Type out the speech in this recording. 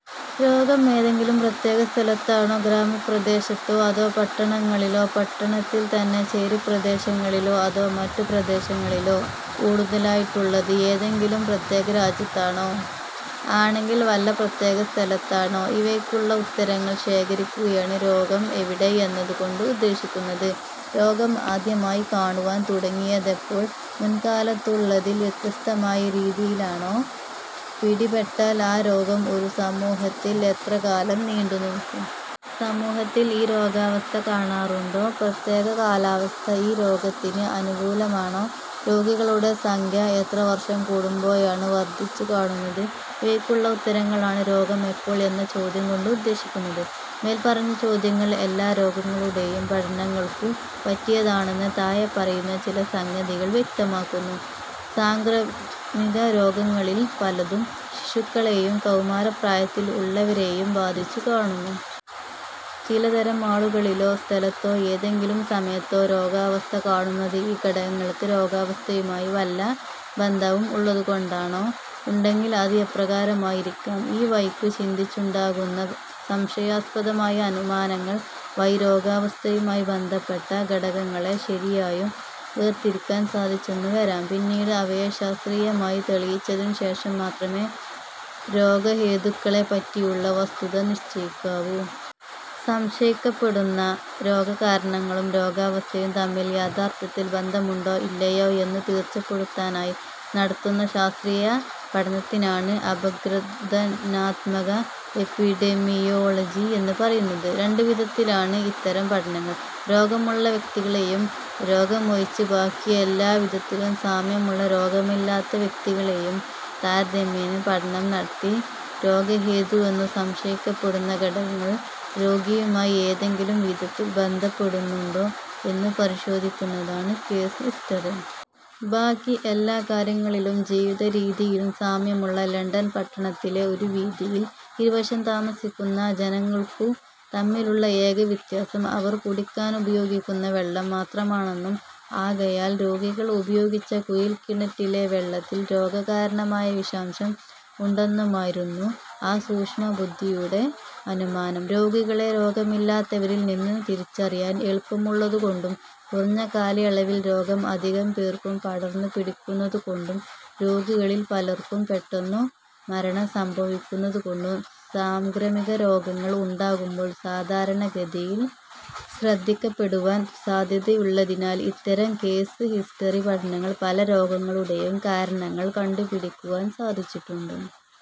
രോഗം ഏതെങ്കിലും പ്രത്യേക സ്ഥലത്താണോ, ഗ്രാമപ്രദേശത്തോ അതോ പട്ടണങ്ങളിലോ പട്ടണത്തിൽത്തന്നെ ചേരിപ്രദേശങ്ങളിലോ അതോ മറ്റു പ്രദേശങ്ങളിലോ കൂടുതലായിട്ടുള്ളത്? ഏതെങ്കിലും പ്രത്യേകരാജ്യത്താണോ? ആണെങ്കിൽ വല്ല പ്രത്യേകസ്ഥലത്താണോ? ഇവയ്ക്കുള്ള ഉത്തരങ്ങൾ ശേഖരിക്കുകയാണ് രോഗം എവിടെ എന്നതുകൊണ്ട് ഉദ്ദേശിക്കുന്നത്. രോഗം ആദ്യമായി കാണുവാൻ തുടങ്ങിയതെപ്പോൾ? മുൻകാലത്തുള്ളതിൽ വ്യത്യസ്തമായ രീതിയിലാണോ? പിടിപെട്ടാൽ ആ രോഗം ഒരു സമൂഹത്തിൽ എത്രകാലം നീണ്ടുനിൽക്കും? സമൂഹത്തിൽ ഈ രോഗാവസ്ഥ കാണാറുണ്ടോ? പ്രത്യേകകാലാവസ്ഥ ഈ രോഗത്തിന് അനുകൂലമാണോ? രോഗികളുടെ സംഖ്യ എത്ര വർഷം കൂടുമ്പോഴാണ് വർദ്ധിച്ചുകാണുന്നത്? ഇവയ്ക്കുള്ള ഉത്തരങ്ങളാണ് രോഗം എപ്പോൾ എന്ന ചോദ്യംകൊണ്ട് ഉദ്ദേശിക്കുന്നത്. മേൽപ്പറഞ്ഞ ചോദ്യങ്ങൾ എല്ലാരോഗങ്ങളുടെയും പഠനങ്ങൾക്കു പറ്റിയതാണെന്ന് താഴെപറയുന്ന ചില സംഗതികൾ വ്യക്തമാക്കുന്നു. സാംക്രമികരോഗങ്ങളിൽ പലതും ശിശുക്കളെയും കൗമാരപ്രായത്തിൽ ഉള്ളവരെയും ബാധിച്ചു കാണുന്നു. ചിലതരം ആളുകളിലോ, സ്ഥലത്തോ, ഏതെങ്കിലും സമയത്തോ രോഗാവസ്ഥ കാണുന്നത് ഈ ഘടകങ്ങൾക്ക് രോഗാവസ്ഥയുമായി വല്ല ബന്ധവും ഉള്ളതുകൊണ്ടാണോ? ഉണ്ടെങ്കിൽ അത് എപ്രകാരമായിരിക്കാം? ഈ വഴിക്കു ചിന്തിച്ചുണ്ടാകുന്ന സംശയാസ്പദമായ അനുമാനങ്ങൾ വഴി രോഗാവസ്ഥയുമായി ബന്ധപ്പെട്ട ഘടകങ്ങളെ ശരിയായും വേർതിരിക്കാൻ സാധിച്ചെന്നുവരാം. പിന്നീട് അവയെ ശാസ്ത്രീയമായി തെളിയിച്ചതിനു ശേഷം മാത്രമേ രോഗഹേതുക്കളെപ്പറ്റിയുള്ള വസ്തുത നിശ്ചയിക്കാവു. സംശയിക്കപ്പെടുന്ന രോഗകാരണങ്ങളും രോഗാവസ്ഥയും തമ്മിൽ യഥാർത്ഥത്തിൽ ബന്ധമുണ്ടോ ഇല്ലയോ എന്നു തീർച്ചപ്പെടുത്താനായി നടത്തുന്ന ശാസ്ത്രീയ പഠനത്തിനാണ് അപഗ്രഥനാത്മക എപ്പിഡെമിയോളജി എന്നുപറയുന്നത്. രണ്ടുവിധത്തിലാണ് ഇത്തരം പഠനങ്ങൾ: രോഗമുള്ള വ്യക്തികളെയും രോഗമൊഴിച്ച് ബാക്കിയെല്ലാവിധത്തിലും സാമ്യമുള്ള രോഗമില്ലാത്ത വ്യക്തികളെയും താരതമ്യേന പഠനം നടത്തി രോഗഹേതുവെന്നു സംശയിക്കപ്പെടുന്ന ഘടകങ്ങൾ രോഗിയുമായി ഏതെങ്കിലും വിധത്തിൽ ബന്ധപ്പെടുന്നുണ്ടോ എന്നു പരിശോധിക്കുന്നതാണ് കേസ് ഹിസ്റ്ററി. ബാക്കി എല്ലാകാര്യങ്ങളിലും ജീവിതരീതിയിലും സാമ്യമുള്ള ലണ്ടൻ പട്ടണത്തിലെ ഒരു വീഥിയിൽ ഇരുവശം താമസിക്കുന്ന ജനങ്ങൾക്കു തമ്മിലുള്ള ഏക വ്യത്യാസം അവർ കുടിക്കാനുപയോഗിക്കുന്ന വെള്ളം മാത്രമാണെന്നും ആകയാൽ രോഗികൾ ഉപയോഗിച്ച കുഴൽ കിണറ്റിലെ വെള്ളത്തിൽ രോഗകാരണമായ വിഷാംശം ഉണ്ടെന്നുമായിരുന്നു ആ സൂക്ഷ്മബുദ്ധിയുടെ അനുമാനം. രോഗികളെ രോഗമില്ലാത്തവരിൽ നിന്നു തിരിച്ചറിയാൻ എളുപ്പമുള്ളതുകൊണ്ടും കുറഞ്ഞകാലയളവിൽ രോഗം അധികം പേർക്കും പടർന്നു പിടിക്കുന്നതുകോണ്ടും രോഗികളിൽ പലർക്കും പെട്ടെന്നു മരണം സംഭവിക്കുന്നതുകൊണ്ടും സാംക്രമികരോഗങ്ങൾ ഉണ്ടാകുമ്പോൾ സാധാരണഗതിയിൽ ശ്രദ്ധിക്കപ്പെടുവാൻ സാധ്യതയുള്ളതിനാൽ ഇത്തരം കേസ് ഹിസ്റ്ററി പഠനങ്ങൾ പല രോഗങ്ങളുടെയും കാരണങ്ങൾ കണ്ടുപിടിക്കുവാൻ സാധിച്ചിട്ടുണ്ട്.